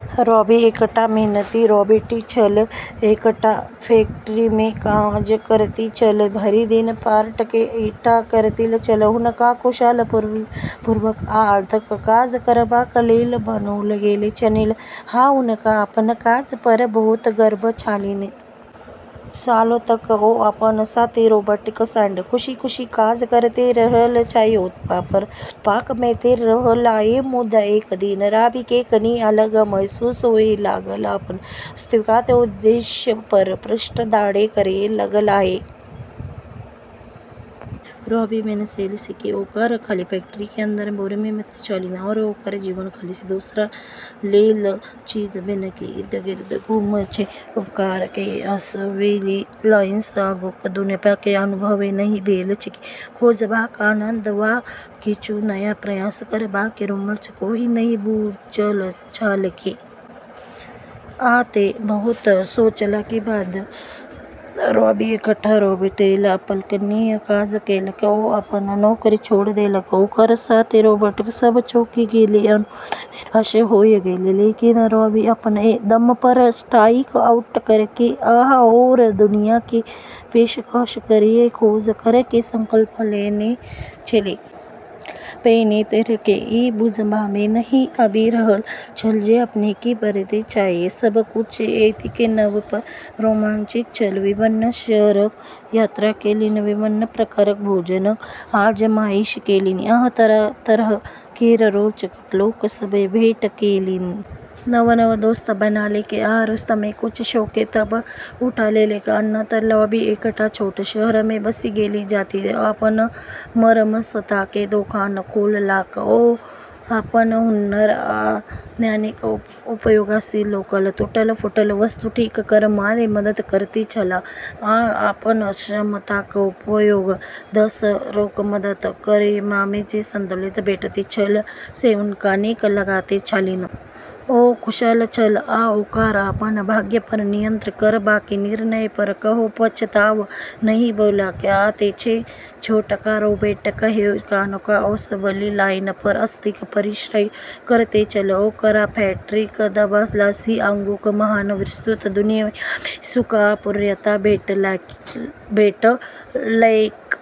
Robbie एकटा मेहनती robot छल जे एकटा फैक्टरीमे काज करैत छल, भरि दिन पार्टके इकट्ठा करैत छल। हुनका कुशलतापूर्वक आ अथक काज करबाक लेल बनाओल गेल छलनि, आ हुनका अपन काज पर बहुत गर्व छलनि। सालों तक ओ अपन साथी रोबोटक सङ्ग खुशी-खुशी काज करैत रहलाह, उत्पाद पर उत्पाद मथैत रहलाह । मुदा एक दिन, रॉबीके कनि अलग महसूस हुअ' लागल । अपन अस्तित्वक उद्देश्य पर प्रश्न ठाढ़ करय लगलाह। रॉबीक मोनमे एलनि कि ओकरा खाली फैक्टरिक अन्दरक बारेमे पता छलनि, आरो ओकर जीवन खाली दोसरा लेल चीज बनाबैके इर्द-गिर्द घूमै छै। ओकरा कहियो असेंबली लाइनसँ आगूक दुनियाँक अनुभव नहि भेल छलैक, खोजबाक आनन्द, वा किछु नव प्रयास करबाक रोमांच कहियो नहि बुझल छलैक। आ तैं, बहुत सोचलाक बाद, रॉबी एकटा रोबोट लेल अकल्पनीय काज केलक ओ अपन नौकरी छोड़ि देलक. ओकर साथी रोबोट सब चौंकि गेलै आओर निराश होय गेलै, लेकिन रॉबी अपन दम पर स्ट्राइक आउट करैके आओर दुनियाके की पेशकश करैके खोज करैके संकल्प लेने छेलै। पहिने तऽ रॉबीकेँ ई बुझबामे नहि आबि रहल छल जे अपनाकेँ की करबाक चाही। सब किछु एतेक नव आ रोमांचक छल! विभिन्न शहरक यात्रा केलनि, विभिन्न प्रकारक भोजनक आज़माइश केलनि, आ तरह-तरह केर रोचक लोक सभसँ भेँट केलनि। नव-नव दोस्त बनौलक आ रस्तामे किछु शौक तक उठा लेलक। अन्ततः रॉबी एकटा छोट शहरमे बसि गेल जतय ओ अपन मरम्मतके दोकान खोललक। ओ अपन हुनर आ ज्ञानक उपयोगसँ लोकक टूटल-फूटल वस्तु ठीक करबामे मदद करैत छलाह, आ अपन क्षमताक उपयोग दोसरक मदद करबामे जे संतुष्टि भेटैत छल, से हुनका नीक लगैत छलनि। ओ खुश छल, आ ओकरा अपन भाग्य पर नियंत्रण करबाक निर्णय पर कहियो पछतावा नहि भेलैक। आ तैं, जे छोटका रोबोट कहियो कोनो असेंबली लाइन पर अथक परिश्रम करैत छल, ओकरा फैक्ट्रीक देबालसँ आगूक महान, विस्तृत दुनियामे सुख आ पूर्णता भेटलैक ।